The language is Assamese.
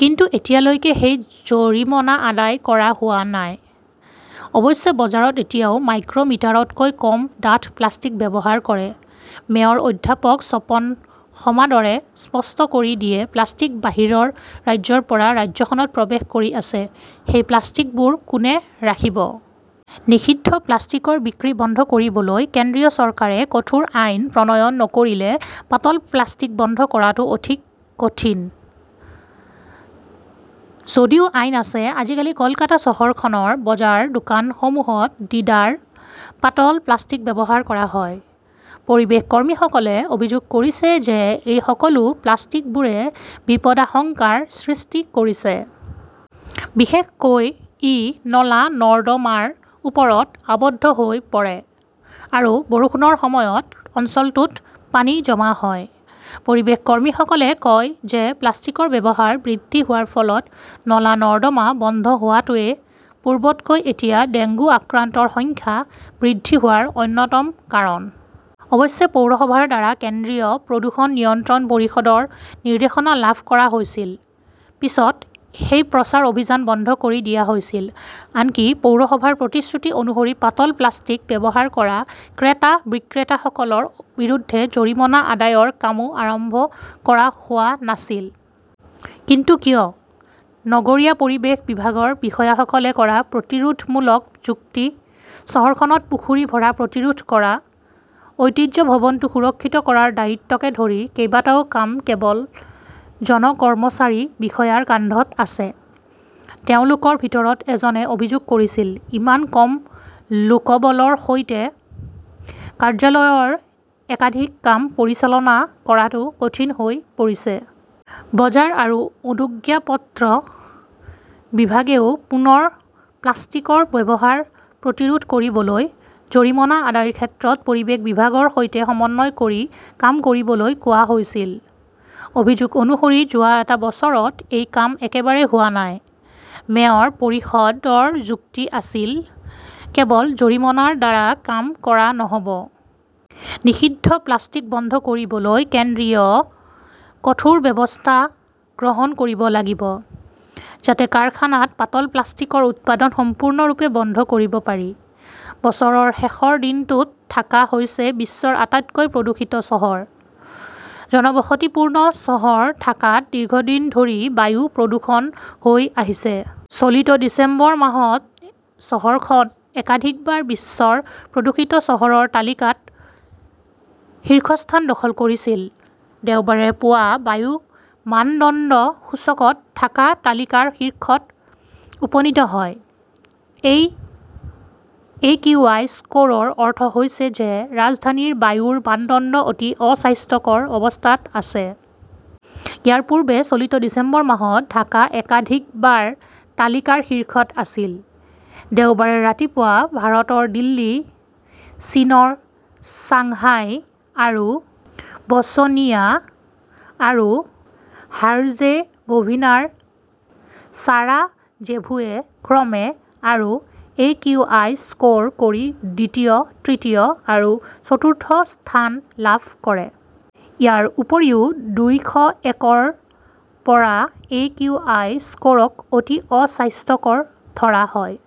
কিন্তু এতিয়ালৈকে সেই জৰিমনা আদায় কৰা হোৱা নাই। অৱশ্যে, বজাৰত এতিয়াও মাইক্ৰ মিটাৰতকৈ কম ডাঠ প্লাষ্টিক ব্যৱহাৰ কৰে, মেয়ৰ অধ্যাপক স্বপন সমাদৰে স্পষ্ট কৰি দিয়ে,"প্লাষ্টিক বাহিৰৰ ৰাজ্যৰ পৰা ৰাজ্যখনত প্ৰৱেশ কৰি আছে। সেই প্লাষ্টিকবোৰ কোনে ৰাখিব? নিষিদ্ধ প্লাষ্টিকৰ বিক্ৰী বন্ধ কৰিবলৈ কেন্দ্ৰীয় চৰকাৰে কঠোৰ আইন প্ৰণয়ন নকৰিলে পাতল প্লাষ্টিক বন্ধ কৰাটো অতি কঠিন। যদিও আইন আছে, আজিও কলকাতা চহৰখনৰ বজাৰ-দোকানসমূহত ডিডাৰ পাতল প্লাষ্টিক ব্যৱহাৰ কৰা হয়। পৰিৱেশ কৰ্মীসকলে অভিযোগ কৰিছে যে এই সকলো প্লাষ্টিকবোৰে বিপদাশংকাৰ সৃষ্টি কৰিছে। বিশেষকৈ, ই নলা-নৰ্দমাৰ ওপৰত আবদ্ধ হৈ পৰে আৰু বৰষুণৰ সময়ত অঞ্চলটোত পানী জমা হয়। পৰিৱেশ কৰ্মীসকলে কয় যে প্লাষ্টিকৰ ব্যৱহাৰ বৃদ্ধি হোৱাৰ ফলত নলা-নৰ্দমা বন্ধ হোৱাটোৱে পূৰ্বতকৈ এতিয়া ডেংগু আক্ৰান্তৰ সংখ্যা বৃদ্ধি হোৱাৰ অন্যতম কাৰণ। অৱশ্যে, পৌৰসভাৰ দ্বাৰা কেন্দ্ৰীয় প্ৰদূষণ নিয়ন্ত্ৰণ পৰিষদৰ নিৰ্দেশনা লাভ কৰা হৈছিল। পিছত সেই প্ৰচাৰ অভিযান বন্ধ কৰি দিয়া হৈছিল। আনকি পৌৰসভাৰ প্ৰতিশ্ৰুতি অনুসৰি পাতল প্লাষ্টিক ব্যৱহাৰ কৰা ক্ৰেতা-বিক্ৰেতাসকলৰ বিৰুদ্ধে জৰিমনা আদায়ৰ কামো আৰম্ভ কৰা হোৱা নাছিল। কিন্তু কিয়? নগৰীয়া পৰিৱেশ বিভাগৰ বিষয়াসকলে কৰা প্ৰতিৰোধমূলক যুক্তি, চহৰখনত পুখুৰী ভৰা প্ৰতিৰোধ কৰা, ঐতিহ্য ভৱনটো সুৰক্ষিত কৰাৰ দায়িত্বকে ধৰি কেইবাটাও কাম কেৱল জন কৰ্মচাৰী-বিষয়াৰ কান্ধত আছে। তেওঁলোকৰ ভিতৰত এজনে অভিযোগ কৰিছিল, "ইমান কম লোকবলৰ সৈতে কাৰ্যালয়ৰ একাধিক কাম পৰিচালনা কৰাটো কঠিন হৈ পৰিছে।" বজাৰ আৰু অনুজ্ঞাপত্ৰ বিভাগেও পুনৰ পাতল প্লাষ্টিকৰ ব্যৱহাৰ প্ৰতিৰোধ কৰিবলৈ জৰিমনা আদায়ৰ ক্ষেত্ৰত পৰিৱেশ বিভাগৰ সৈতে সমন্বয় কৰি কাম কৰিবলৈ কোৱা হৈছিল। অভিযোগ অনুসৰি যোৱা এটা বছৰত সেই কাম একেবাৰে হোৱা নাই। যদিও মেয়ৰ পৰিষদৰ যুক্তি আছিল, "কেৱল জৰিমনাৰ দ্বাৰা কাম কৰা নহ'ব। নিষিদ্ধ প্লাষ্টিক বন্ধ কৰিবলৈ কেন্দ্ৰই কঠোৰ ব্যৱস্থা গ্ৰহণ কৰিব লাগিব। যাতে কাৰখানাত পাতল প্লাষ্টিকৰ উৎপাদন সম্পূৰ্ণৰূপে বন্ধ কৰিব পাৰি। "। বছৰৰ শেষৰ দিনটোত ঢাকা হৈছে বিশ্বৰ আটাইতকৈ প্ৰদূষিত চহৰ। ঘনবসতিপূৰ্ণ চহৰ ঢাকাত দীৰ্ঘদিন ধৰি বায়ু প্ৰদূষণ হৈ আহিছে। চলিত ডিচেম্বৰ মাহত চহৰখন একাধিকবাৰ বিশ্বৰ প্ৰদূষিত চহৰৰ তালিকাত শীৰ্ষস্থান দখল কৰিছিল। দেওবাৰে পুৱা বায়ু মানদণ্ড সূচকত ঢাকা তালিকাৰ শীৰ্ষত উপনীত হয়। এই একিউআই স্ক'ৰৰ অৰ্থ হৈছে যে ৰাজধানীৰ বায়ুৰ মানদণ্ড অতি অস্বাস্থ্যকৰ অৱস্থাত আছে। ইয়াৰ পূৰ্বে চলিত ডিচেম্বৰ মাহত ঢাকা একাধিকবাৰ তালিকাৰ শীৰ্ষত আছিল। দেওবাৰে ৰাতিপুৱা ভাৰতৰ দিল্লী, চীনৰ চাংহাই আৰু ব'শ্বনিয়া আৰু হাৰ্জেগোভিনাৰ ছাৰাজেভোৱে ক্ৰমে আৰু একিউআই স্ক'ৰ কৰি দ্বিতীয়, তৃতীয় আৰু চতুৰ্থ স্থান লাভ কৰে। ইয়াৰ উপৰিও, দুইশ‌ একৰ পৰা একিউআই স্ক'ৰক অতি অস্বাস্থ্যকৰ ধৰা হয়।